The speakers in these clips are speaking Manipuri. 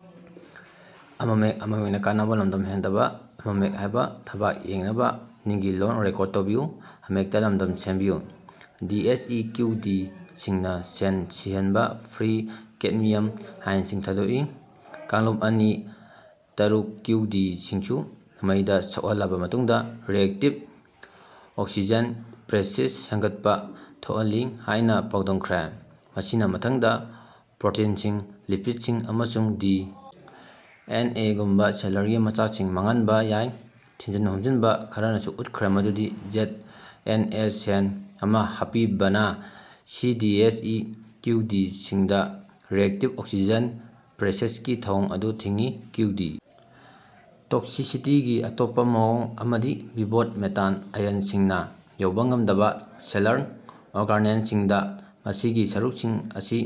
ꯗꯤ. ꯑꯦꯁ. ꯏ. ꯀ꯭ꯌꯨ. ꯗꯤ. ꯁꯤꯡꯅ ꯁꯦꯜ ꯁꯤꯍꯟꯕ ꯐ꯭ꯔꯤ ꯀꯦꯗꯃꯤꯌꯝ ꯑꯥꯏꯟꯁꯤꯡ ꯊꯥꯗꯣꯛꯏ꯫ ꯀꯥꯡꯂꯨꯞ ꯑꯅꯤ - ꯇꯔꯨꯛ ꯀ꯭ꯌꯨ. ꯗꯤ. ꯁꯤꯡꯁꯨ ꯃꯩꯗ ꯁꯣꯛꯍꯜꯂꯕ ꯃꯇꯨꯡꯗ ꯔꯤꯑꯦꯛꯇꯤꯕ ꯑꯣꯛꯁꯤꯖꯦꯟ ꯄꯔꯦꯁꯤꯁ ꯁꯦꯝꯒꯠꯄ ꯊꯣꯛꯍꯜꯂꯤ ꯍꯥꯏꯅ ꯄꯥꯎꯗꯝꯈ꯭ꯔꯦ, ꯃꯁꯤꯅ ꯃꯊꯪꯗ ꯄ꯭ꯔꯣꯇꯤꯟꯁꯤꯡ, ꯂꯤꯄꯤꯗꯁꯤꯡ, ꯑꯃꯁꯨꯡ ꯗꯤ. ꯑꯦꯟ. ꯑꯦ. ꯒꯨꯝꯕ ꯁꯦꯜꯂꯔꯒꯤ ꯃꯆꯥꯛꯁꯤꯡ ꯃꯥꯡꯍꯟꯕ ꯌꯥꯏ꯫ ꯊꯤꯖꯟ ꯍꯨꯝꯖꯟꯕ ꯈꯔꯅꯁꯨ ꯎꯠꯈ꯭ꯔꯦ ꯃꯗꯨꯗꯤ ꯖꯦꯗ. ꯑꯦꯟ. ꯑꯦꯁ. ꯁꯦꯜ ꯑꯃ ꯍꯥꯞꯄꯤꯕꯅ C. D. S. E. Q. D. ꯁꯤꯡꯗ ꯔꯤꯑꯦꯛꯇꯤꯕ ꯑꯣꯛꯁꯤꯖꯦꯟ ꯄꯔꯦꯁꯤꯁꯀꯤ ꯊꯧꯑꯣꯡ ꯑꯗꯨ ꯊꯤꯡꯏ꯫ ꯀ꯭ꯌꯨ. ꯗꯤ. ꯇꯣꯛꯁꯤꯁꯤꯇꯤꯒꯤ ꯑꯇꯣꯞꯄ ꯃꯑꯣꯡ ꯑꯃꯗꯤ ꯚꯤꯚꯣꯗ, ꯃꯦꯇꯥꯟ ꯑꯥꯏꯌꯟꯁꯤꯡꯅ ꯌꯧꯕ ꯉꯝꯗꯕ ꯁꯦꯜꯂꯔ ꯑꯣꯔꯒꯅꯦꯜꯁꯤꯡꯗ ꯃꯁꯤꯒꯤ ꯁꯔꯨꯛꯁꯤꯡ ꯑꯁꯤ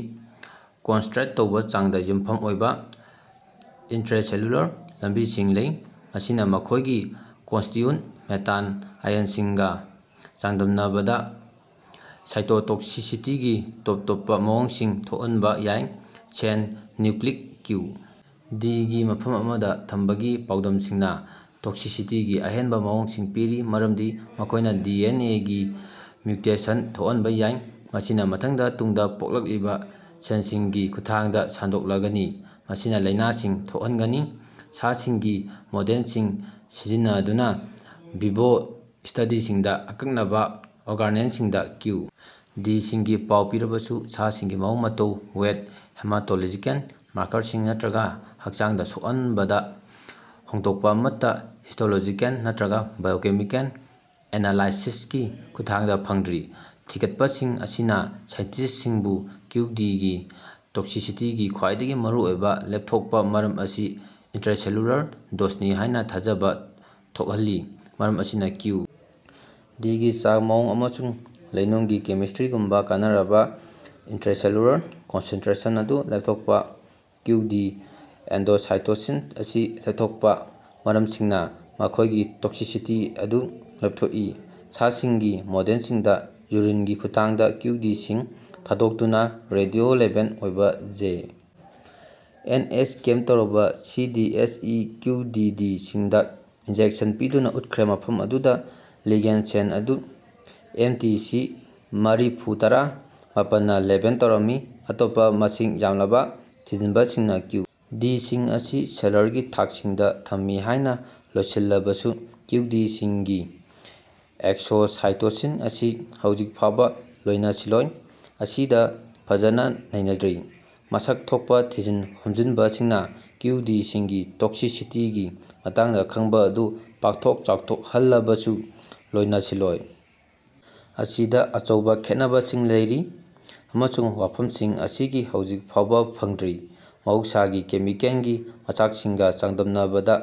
ꯀꯣꯟꯁ꯭ꯇ꯭ꯔꯦꯠ ꯇꯧꯕ ꯆꯥꯡꯗ ꯌꯨꯝꯐꯝ ꯑꯣꯏꯕ ꯏꯟꯇ꯭ꯔꯦꯁꯦꯂꯨꯂꯔ ꯂꯝꯕꯤꯁꯤꯡ ꯂꯩ, ꯃꯁꯤꯅ ꯃꯈꯣꯏꯒꯤ ꯀꯣꯟꯁ꯭ꯇꯤꯌꯨꯟ ꯃꯦꯇꯥꯟ ꯑꯥꯌꯟꯁꯤꯡꯒ ꯆꯥꯡꯗꯝꯅꯕꯗ ꯁꯥꯏꯇꯣꯇꯣꯛꯁꯤꯁꯤꯇꯤꯒꯤ ꯇꯣꯞ ꯇꯣꯞꯄ ꯃꯑꯣꯡꯁꯤꯡ ꯊꯣꯛꯍꯟꯕ ꯌꯥꯏ꯫ ꯁꯦꯟ ꯅ꯭ꯌꯨꯀ꯭ꯂꯤꯛ ꯀ꯭ꯌꯨ. ꯗꯤ. ꯒꯤ ꯃꯐꯝ ꯑꯃꯗ ꯊꯝꯕꯒꯤ ꯄꯥꯎꯗꯝꯁꯤꯡꯅ ꯇꯣꯛꯁꯤꯁꯤꯇꯤꯒꯤ ꯑꯍꯦꯟꯕ ꯃꯑꯣꯡꯁꯤꯡ ꯄꯤꯔꯤ ꯃꯔꯝꯗꯤ ꯃꯈꯣꯏꯅ ꯗꯤ. ꯑꯦꯟ. ꯑꯦ. ꯒꯤ ꯃ꯭ꯌꯨꯇꯦꯁꯟ ꯊꯣꯛꯍꯟꯕ ꯌꯥꯏ, ꯃꯁꯤꯅ ꯃꯊꯪꯗ ꯇꯨꯡꯗ ꯄꯣꯛꯂꯛꯂꯤꯕ ꯁꯦꯜꯁꯤꯡꯒꯤ ꯈꯨꯠꯊꯥꯡꯗ ꯁꯟꯗꯣꯛꯂꯒꯅꯤ, ꯃꯁꯤꯅ ꯂꯥꯏꯅꯥꯁꯤꯡ ꯊꯣꯛꯍꯟꯒꯅꯤ꯫ ꯁꯥꯁꯤꯡꯒꯤ ꯃꯣꯗꯦꯜꯁꯤꯡ ꯁꯤꯖꯤꯟꯅꯗꯨꯅ ꯚꯤꯚꯣ ꯁ꯭ꯇꯗꯤꯁꯤꯡꯗ ꯑꯀꯛꯅꯕ ꯑꯣꯔꯒꯅꯦꯜꯁꯤꯡꯗ ꯀ꯭ꯌꯨ. ꯗꯤ. ꯁꯤꯡꯒꯤ ꯄꯥꯎ ꯄꯤꯔꯕꯁꯨ, ꯁꯥꯁꯤꯡꯒꯤ ꯃꯑꯣꯡ-ꯃꯇꯧ, ꯋꯦꯠ, ꯍꯦꯃꯥꯇꯣꯂꯣꯖꯤꯀꯦꯜ ꯃꯥꯔꯀꯔꯁꯤꯡ, ꯅꯠꯇ꯭ꯔꯒ ꯍꯛꯆꯥꯡꯗ ꯁꯣꯛꯍꯟꯕꯗ ꯍꯣꯡꯗꯣꯛꯄ ꯑꯃꯠꯇ ꯍꯤꯁꯇꯣꯂꯣꯖꯤꯀꯦꯜ ꯅꯠꯇ꯭ꯔꯒ ꯕꯥꯏꯑꯣꯀꯦꯃꯤꯀꯦꯜ ꯑꯦꯅꯥꯂꯥꯏꯁꯤꯁꯀꯤ ꯈꯨꯠꯊꯥꯡꯗ ꯐꯪꯗ꯭ꯔꯤ꯫ ꯊꯤꯒꯠꯄꯁꯤꯡ ꯑꯁꯤꯅ ꯁꯥꯏꯟꯇꯤꯁ꯭ꯠꯁꯤꯡꯕꯨ ꯀ꯭ꯌꯨ. ꯗꯤ. ꯒꯤ ꯇꯣꯛꯁꯤꯁꯤꯇꯤꯒꯤ ꯈ꯭ꯋꯥꯏꯗꯒꯤ ꯃꯔꯨꯑꯣꯏꯕ ꯂꯦꯞꯊꯣꯛꯄ ꯃꯔꯝ ꯑꯁꯤ ꯏꯟꯇ꯭ꯔꯦꯁꯦꯂ꯭ꯌꯨꯂꯔ ꯗꯣꯁꯅꯤ ꯍꯥꯏꯅ ꯊꯥꯖꯕ ꯊꯣꯛꯍꯜꯂꯤ꯫ ꯃꯔꯝ ꯑꯁꯤꯅ ꯀ꯭ꯌꯨ. ꯗꯤ. ꯒꯤ ꯆꯥꯡ, ꯃꯑꯣꯡ ꯑꯃꯁꯨꯡ ꯂꯩꯅꯨꯡꯒꯤ ꯀꯦꯃꯤꯁꯇ꯭ꯔꯤꯒꯨꯝꯕ ꯀꯥꯟꯅꯔꯕ ꯏꯟꯇ꯭ꯔꯦꯁꯦꯂꯨꯂꯔ ꯀꯣꯟꯁꯦꯟꯇ꯭ꯔꯦꯁꯟ ꯑꯗꯨ ꯂꯦꯞꯊꯣꯛꯄ ꯀ꯭ꯌꯨ, ꯗꯤ. ꯑꯦꯟꯗꯣꯁꯥꯏꯇꯣꯁꯤꯁ ꯑꯁꯤ ꯂꯦꯞꯊꯣꯛꯄ ꯃꯔꯝꯁꯤꯡꯅ ꯃꯈꯣꯏꯒꯤ ꯇꯣꯛꯁꯤꯁꯤꯇꯤ ꯑꯗꯨ ꯂꯦꯞꯊꯣꯛꯏ꯫ ꯁꯥꯁꯤꯡꯒꯤ ꯃꯣꯗꯦꯜꯁꯤꯡꯗ ꯌꯨꯔꯤꯟꯒꯤ ꯈꯨꯠꯊꯥꯡꯗ ꯀ꯭ꯌꯨ. ꯗꯤ. ꯁꯤꯡ ꯊꯥꯗꯣꯛꯇꯨꯅ ꯔꯦꯗꯤꯑꯣ-ꯂꯦꯕꯦꯜ ꯑꯣꯏꯕ ꯖꯦ. ꯑꯦꯟ. ꯑꯦꯁ. -ꯀꯦꯞ ꯇꯧꯔꯕ C. D. S. E. Q, D. D. ꯁꯤꯡꯗ ꯏꯟꯖꯦꯛꯁꯟ ꯄꯤꯗꯨꯅ ꯎꯠꯈ꯭ꯔꯦ ꯃꯐꯝ ꯑꯗꯨꯗ ꯂꯤꯒꯦꯟꯗ ꯁꯦꯜ ꯑꯗꯨ ꯑꯦꯝ. ꯇꯤ. ꯁꯤ. ꯃꯔꯤꯐꯨꯇꯔꯥ - ꯃꯥꯄꯜꯅ ꯂꯦꯕꯦꯜ ꯇꯧꯔꯝꯃꯤ꯫ ꯑꯇꯣꯞꯄ ꯃꯁꯤꯡ ꯌꯥꯝꯂꯕ ꯊꯤꯖꯤꯟꯕꯁꯤꯡꯅ ꯀ꯭ꯌꯨ. ꯗꯤ. ꯁꯤꯡ ꯑꯁꯤ ꯁꯦꯜꯂꯔꯒꯤ ꯊꯥꯛꯁꯤꯡꯗ ꯊꯝꯃꯤ ꯍꯥꯏꯅ ꯂꯣꯏꯁꯤꯜꯂꯕꯁꯨ, ꯀ꯭ꯌꯨ, ꯗꯤ. ꯁꯤꯡꯒꯤ ꯑꯦꯛꯁꯣꯁꯥꯏꯇꯣꯁꯤꯟ ꯑꯁꯤ ꯍꯧꯖꯤꯛ ꯐꯥꯎꯕ ꯂꯣꯏꯅꯁꯤꯂꯣꯟ ꯑꯁꯤꯗ ꯐꯖꯅ ꯅꯩꯅꯗ꯭ꯔꯤ꯫ ꯃꯁꯛ ꯊꯣꯛꯄ ꯊꯤꯖꯟ ꯍꯨꯝꯖꯟꯕꯁꯤꯡꯅ ꯀ꯭ꯌꯨ. ꯗꯤ. ꯁꯤꯡꯒꯤ ꯇꯣꯛꯁꯤꯁꯤꯁꯤꯇꯤꯒꯤ ꯃꯇꯥꯡꯗ ꯈꯪꯕ ꯑꯗꯨ ꯄꯥꯛꯊꯣꯛ ꯆꯥꯎꯊꯣꯛꯍꯜꯂꯕꯁꯨ, ꯂꯣꯏꯅꯁꯤꯂꯣꯟ ꯑꯁꯤꯗ ꯑꯆꯧꯕ ꯈꯦꯠꯅꯕꯁꯤꯡ ꯂꯩꯔꯤ, ꯑꯃꯁꯨꯡ ꯋꯥꯐꯝꯁꯤꯡ ꯑꯁꯤꯒꯤ ꯍꯧꯖꯤꯛ ꯐꯥꯎꯕ ꯐꯪꯗ꯭ꯔꯤ꯫ ꯃꯍꯧꯁꯥꯒꯤ ꯀꯦꯃꯤꯀꯦꯜꯒꯤ ꯃꯆꯥꯛꯁꯤꯡꯒ ꯆꯥꯡꯗꯝꯅꯕꯗ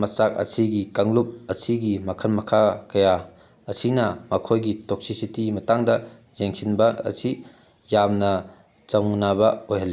ꯃꯆꯥꯛ ꯑꯁꯤꯒꯤ ꯀꯥꯡꯂꯨꯞ ꯑꯁꯤꯒꯤ ꯃꯈꯜ-ꯃꯈꯥ ꯀꯌꯥ ꯑꯁꯤꯅ ꯃꯈꯣꯏꯒꯤ ꯇꯣꯛꯁꯤꯁꯤꯇꯤ ꯃꯇꯥꯡꯗ ꯌꯦꯡꯁꯤꯟꯕ ꯑꯁꯤ ꯌꯥꯝꯅ ꯆꯡꯅꯕ ꯑꯣꯏꯍꯜꯂꯤ꯫